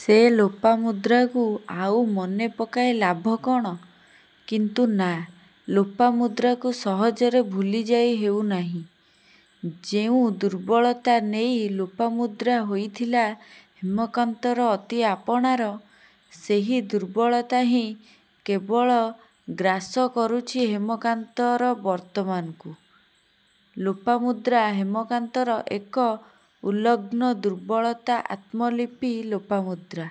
ସେ ଲୋପାମୁଦ୍ରାକୁ ଆଉ ମନେ ପକାଇ ଲାଭ କ'ଣ? କିନ୍ତୁ। ନାଁ ଲୋପାମୁଦ୍ରାକୁ ସହଜରେ ଭୁଲିଯାଇ ହେଉନାହିଁ। ଯେଉଁ ଦୁର୍ବଳତା ନେଇ ଲୋପାମୁଦ୍ରା ହୋଇଥିଲା ହେମକାନ୍ତର ଅତି ଆପଣାର-ସେହି ଦୁର୍ବଳତା ହିଁ କେବଳ ଗ୍ରାସ କରୁଛି ହେମକାନ୍ତର ବର୍ତ୍ତମାନକୁ। ଲୋପାମୁଦ୍ରା ହେମକାନ୍ତର ଏକ ଉଲଗ୍ନ ଦୁର୍ବଳ ଆତ୍ମଲିପି ଲୋପାମୁଦ୍ରା।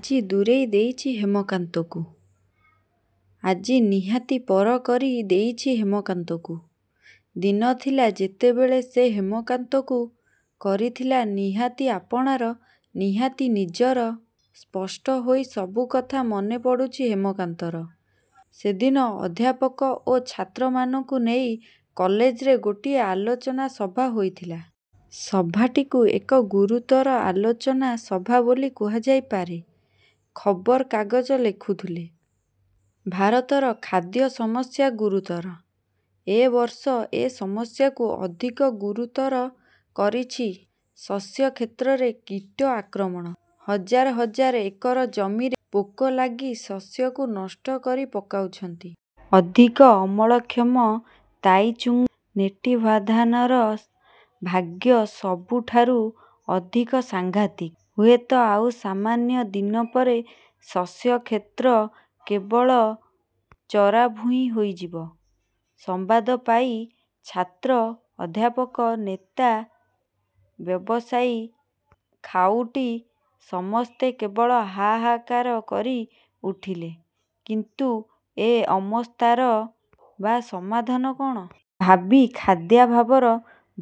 ଆଜି ଦୂରେଇ ଦେଇଛି ହେମକାନ୍ତକୁ। ଆଜି ନିହାତି ପର କରି ଦେଇଛି ହେମକାନ୍ତକୁ। ଦିନ ଥିଲା-ଯେତେବେଳେ ସେ ହେମକାନ୍ତକୁ କରିଥିଲା ନିହାତି ଆପଣାର ନିହାତି ନିଜର। ସ୍ପଷ୍ଟ ହୋଇ ସବୁକଥା ମନେପଡ଼ୁଛି ହେମକାନ୍ତର। ସେଦିନ ଅଧ୍ୟାପକ ଓ ଛାତ୍ରମାନଙ୍କୁ ନେଇ କଲେଜରେ ଗୋଟିଏ ଆଲୋଚନା ସଭା ହୋଇଥିଲା। ସଭାଟିକୁ ଏକ ଗୁରୁତର ଆଲୋଚନା ସଭା ବୋଲି କୁହାଯାଇପାରେ। ଖବର କାଗଜ ଲେଖୁଥିଲେ-ଭାରତର ଖାଦ୍ୟ ସମସ୍ୟା ଗୁରୁତର। ଏ ବର୍ଷ ଏ ସମସ୍ୟାକୁ ଅଧିକ ଗୁରୁତର କରିଛି ଶସ୍ୟ କ୍ଷେତ୍ରରେ କୀଟ ଆକ୍ରମଣ। ହଜାର ହଜାର ଏକର ଜମିରେ ପୋକ ଲାଗି ଶସ୍ୟକୁ ନଷ୍ଟ କରି ପକାଉଛନ୍ତି। ଅଧିକ ଅମଳକ୍ଷମ ତାଇଚୁଙ୍ଗ୍ ନେଟିଭ୍ୱାନ୍ଧାନର ଭାଗ୍ୟ ସବୁଠାରୁ ଅଧିକ ସାଂଘାତିକ୍। ହୁଏତ ଆଉ ସାମାନ୍ୟ ଦିନ ପରେ ଶସ୍ୟକ୍ଷେତ୍ର କେବଳ ଚରାଭୂଇଁ ହୋଇଯିବ। ସମ୍ବାଦ ପାଇ ଛାତ୍ର, ଅଧ୍ୟାପକ, ନେତା, ବ୍ୟବସାୟୀ, ଖାଉଟୀ, ସମସ୍ତେ କେବଳ ହା-ହା-କାର କରି ଉଠିଲେ। କିନ୍ତୁ ଏ ଅମସ୍ଥାର ବା ସମାଧାନ କ'ଣ? ଭାବୀ ଖାଦ୍ୟାଭାବର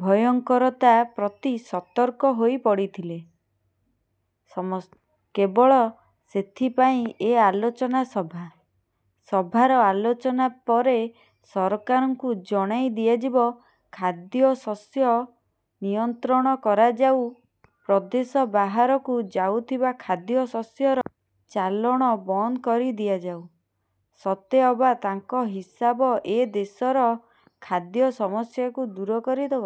ଭୟଙ୍କରତା ପ୍ରତି ସତର୍କ ହୋଇ ପଡ଼ିଥିଲେ ସମସ୍ତେ। କେବଳ ସେଇଥିପାଇଁ ଏ ଆଲେଚନା ସଭା-। ସଭାର ଆଲୋଚନା ପରେ ସରକାରଙ୍କୁ ଜଣାଇ ଦିଆଯିବ-ଖାଦ୍ୟଶସ୍ୟ ନିୟନ୍ତ୍ରଣ କରାଯାଉ। ପ୍ରଦେଶ ବାହାରକୁ ଯାଉଥିବା ଖାଦ୍ୟଶସ୍ୟର ଚାଲାଣ ବନ୍ଦ କରି ଦିଆଯାଉ। ସତେ ଅବା ତାଙ୍କ ହିସାବ ଏ ଦେଶର ଖାଦ୍ୟ ସମସ୍ୟାକୁ ଦୂର କରି ଦେବ।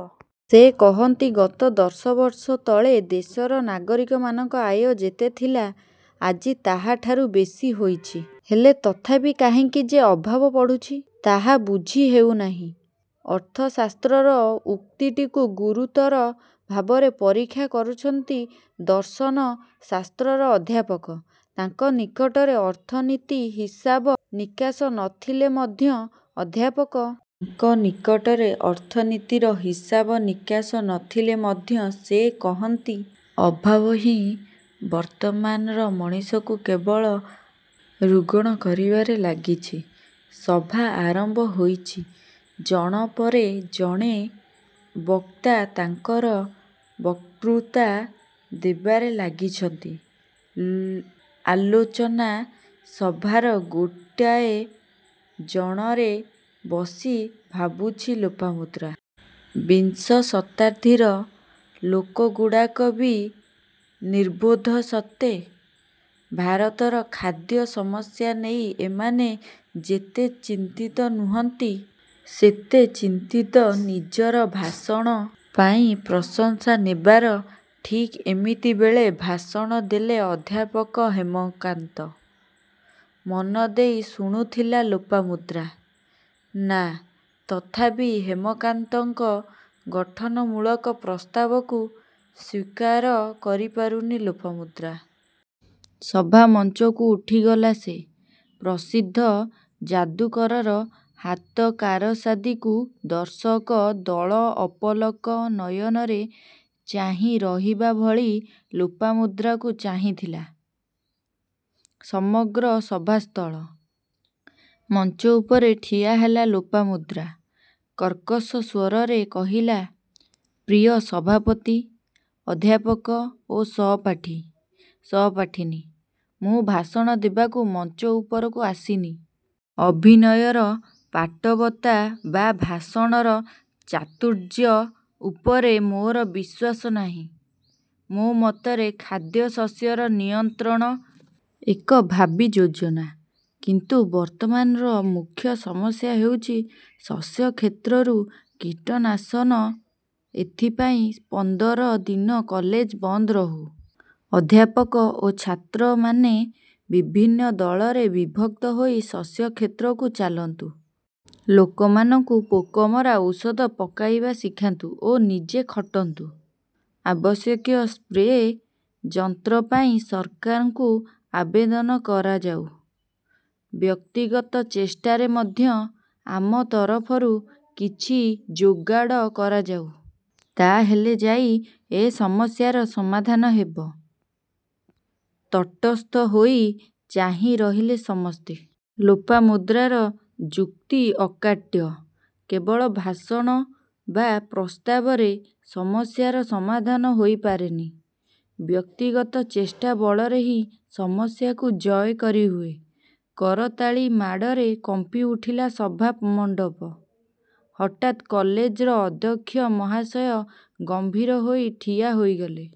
ସେ କହନ୍ତି ଗତ ଦଶ ବର୍ଷ ତଳେ ଦେଶର ନାଗରିକମାନଙ୍କ ଆୟ ଯେତେ ଥିଲା, ଆଜି ତାହାଠାରୁ ବେଶୀ ହୋଇଛି। ହେଲେ ତଥାପି କାହିଁକି ଯେ ଅଭାବ ପଡ଼ୁଛି-ତାହା ବୁଝି ହେଉନାହିଁ। ଅର୍ଥଶାସ୍ତ୍ରର ଉକ୍ତିଟିକୁ ଗୁରୁତର ଭାବେ ପରୀକ୍ଷା କରୁଛନ୍ତି ଦର୍ଶନ ଶାସ୍ତ୍ରର ଅଧ୍ୟାପକ। ତାଙ୍କ ନିକଟରେ ଅର୍ଥନୀତିୀ ହିସାବ ନିକାସ ନ ଥିଲେ ମଧ୍ୟ ଅଧ୍ୟାପକ। ତାଙ୍କ ନିକଟରେ ଅର୍ଥନୀତିର ହିସାବ ନିକାସ ନ ଥିଲେ ମଧ୍ୟ ସେ କହନ୍ତି ଅଭାବ ହିଁ ବର୍ତ୍ତମାନର ମଣିଷକୁ କେବଳ ରୁଗ୍ଣ କରିବାରେ ଲାଗିଛି। ସଭା ଆରମ୍ଭ ହୋଇଛି ଜଣ ପରେ ଜଣେ ବକ୍ତା ତାଙ୍କର ବକ୍ତୃତା ଦେବାରେ ଲାଗଛନ୍ତି ଆଲୋଚନା ସଭାର ଗୋଟାଏ ଜଣରେ ବସି ଭାବୁଛି ଲୋପାମୁଦ୍ରା। ''ବିଂଶ ଶତାବ୍ଦୀର ଲୋକଗୁଡ଼ାକ କି ନିର୍ବୋଧ ସତେ! ଭାରତର ଖାଦ୍ୟ ସମସ୍ୟା ନେଇ ଏମାନେ ଯେତେ ଚିନ୍ତିତ ନୁହଁନ୍ତି ସେତେ ଚିନ୍ତିତ ନିଜର ଭାଷଣ ପାଇଁ ପ୍ରଶଂସା ନେବାର। '' ଠିକ୍ ଏମିତିବେଳେ ଭାଷଣ ଦେଲେ ଅଧ୍ୟାପକ ହେମକାନ୍ତ। ମନ ଦେଇ ଶୁଣୁଥିଲା ଲୋପାମୁଦ୍ରା। ନାଁ ତଥାପି ହେମକାନ୍ତଙ୍କ ଗଠନମୂଳକ ପ୍ରସ୍ତାବକୁ ସ୍ୱୀକାର କରିପାରୁନି ଲୋପାମୁଦ୍ରା। ସଭାମଞ୍ଚକୁ ଉଠିଗଲା ସେ। ପ୍ରସିଦ୍ଧ ଯାଦୁକରର ହାତ କାରସାଦିକୁ ଦର୍ଶକ ଦଳ ଅପଲକ ନୟନରେ ଚାହିଁ ରହିବା ଭଳି ଲୋପାମୁଦ୍ରାକୁ ଚାହିଁଥିଲା ସମଗ୍ର ସଭାସ୍ଥଳ। ମଞ୍ଚଉପରେ ଠିଆ ହେଲା ଲୋପାମୁଦ୍ରା। କର୍କଶ ସ୍ୱରରେ କହିଲା-''ପ୍ରିୟ ସଭାପତି, ଅଧ୍ୟାପକ ଓ ସହପାଠୀ, ସହପାଠିନୀ। ମୁଁ ଭାଷଣ ଦେବାକୁ ମଞ୍ଚ ଉପରକୁ ଆସିନି। ଅଭିନୟର ପାଟବତା ବା ଭାଷଣର ଚାତୁର୍ଯ୍ୟ ଉପରେ ମୋର ବିଶ୍ୱାସ ନାହିଁ। ମୋ ମତରେ ଖାଦ୍ୟଶସ୍ୟର ନିୟନ୍ତ୍ରଣ ଏକ ଭାବୀ ଯୋଜନା। କିନ୍ତୁ ବର୍ତ୍ତମାନର ମୁଖ୍ୟ ସମସ୍ୟା ହେଉଛି ଶସ୍ୟକ୍ଷେତ୍ରରୁ କୀଟନାଶନ। ଏଥିପାଇଁ ପନ୍ଦର ଦିନ କଲେଜ ବନ୍ଦ ରହୁ। ଅଧ୍ୟାପକ ଓ ଛାତ୍ରମାନେ ବିଭିନ୍ନ ଦଳରେ ବିଭକ୍ତ ହୋଇ ଶସ୍ୟକ୍ଷେତ୍ରକୁ ଚାଲନ୍ତୁ। ଲୋକମାନଙ୍କୁ ପୋକମରା ଔଷଧ ପକାଇବା ଶିଖାନ୍ତୁ ଓ ନିଜେ ଖଟନ୍ତୁ। ଆବଶ୍ୟକୀୟ ସ୍ପ୍ରେ ଯନ୍ତ୍ରପାଇଁ ସରକାରଙ୍କୁ ଆବେଦନ କରାଯାଉ। ବ୍ୟକ୍ତିଗତ ଚେଷ୍ଟାରେ ମଧ୍ୟ ଆମ ତରଫରୁ କିଛି ଯୋଗାଡ଼ କରାଯାଉ। ତା' ହେଲେ ଯାଇ ଏ ସମସ୍ୟାର ସମାଧାନ ସମ୍ଭବ। '' ତଟସ୍ଥ ହୋଇ ଚାହିଁ ରହିଲେ ସମସ୍ତେ। ଲୋପାମୁଦ୍ରାର ଯୁକ୍ତି ଅକାଟ୍ୟ। କେବଳ ଭାଷଣ ବା ପ୍ରସ୍ତାବରେ ସମସ୍ୟାର ସମାଧାନ ହୋଇପାରେନି। ବ୍ୟକ୍ତିଗତ ଚେଷ୍ଟା ବଳରେ ହିଁ ସମସ୍ୟାକୁ ଜୟ କରି ହୁଏ। କରତାଳି ମାଡ଼ରେ କମ୍ପିଉଠିଲା ସଭା ମଣ୍ଡପ। ହଠାତ୍ କଲେଜର ଅଧ୍ୟକ୍ଷ ମହାଶୟ ଗମ୍ଭୀର ହୋଇ ଠିଆ ହୋଇଗଲେ।